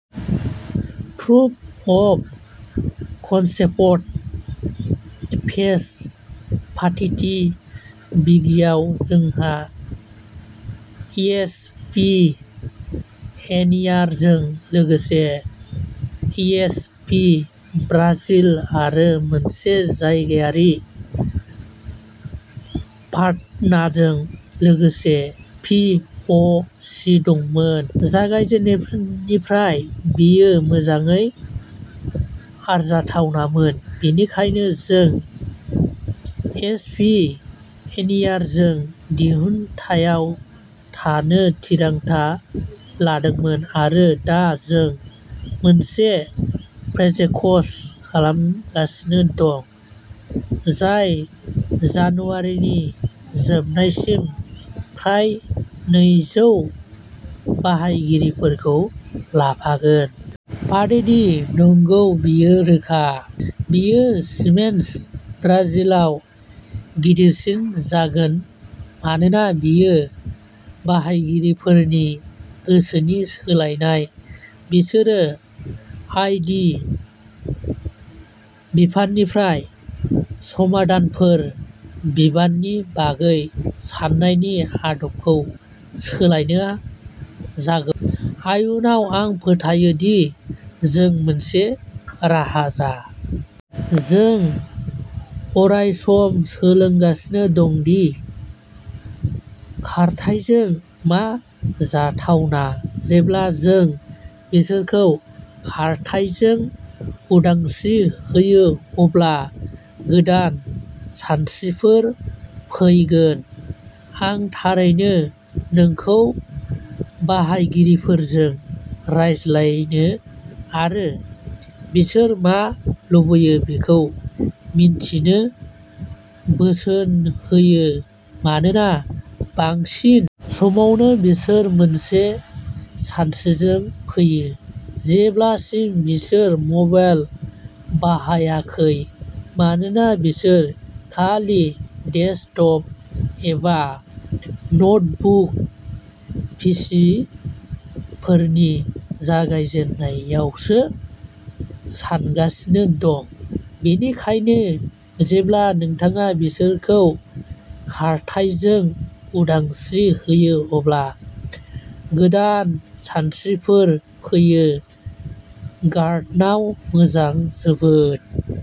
Proof of concept phase पाडेटि गिबियाव जोंहा एइच पि एनिवेयारजों लोगोसे एइच पि ब्राजिल आरो मोनसे जायगायारि पार्टनारजों लोगोसे पि अ सि दंमोन। जागायजेन्नायनिफ्रायनो बेयो मोजाङै आरजाथावमोन बेनिखायनो जों एच पि एनिवेयारजों दिहुनथायाव थांनो थिरांथा लादोंमोन आरो दा जों मोनसे प्रजेक्ट सालायगासिनो दं जाय जानुवारिनि जोबनायसिम फ्राय नैजौ बाहायगिरिफोरखौ लाफागोन। पाडेटि नंगौ बेयो रोखा। बेयो सिमेन्स ब्राजिलाव गिदिरसिन जागोन मानोना बेयो बाहायगिरिफोरनि गोसोनि सोलायनाय बिसोरो आइ टि बिफाननिफ्राय समाधानफोर बिनायनि बागै सान्नायनि आदबखौ सोलायनो जागौ। आयुनाव आं फोथायो दि जोंहा मोनसे राहा जा। जों अरायसम सोलोंगासिनो दं दि खारथाइजों मा जाथावना जेब्ला नों बिसोरखौ खारथाइजों उदांस्रि होयो अब्ला गोदान सानस्रिफोर फैगोन आं थारैनो नोंखौ बाहायगिरिफोरजों रायज्लायनो आरो बिसोर मा लुबैयो बेखौ मिन्थिनो बोसोन होयो मानोना बांसिन समावनो बिसोर मोनसे सानस्रिजों फैया जेब्लासिम बिसोरो मबाइल बाहायाखै मानोना बिसोरो खालि डेस्कटप एबा नोटबुक पिसिफोरनि जागायजेननायावसो सानगासिनो दं बेनिखायनो जेब्ला नोंथाङा बिसोरखौ खारथाइजों उदांस्रि होयो अब्ला गोदान सानस्रिफोर फैयो गार्डनार मोजां जोबोद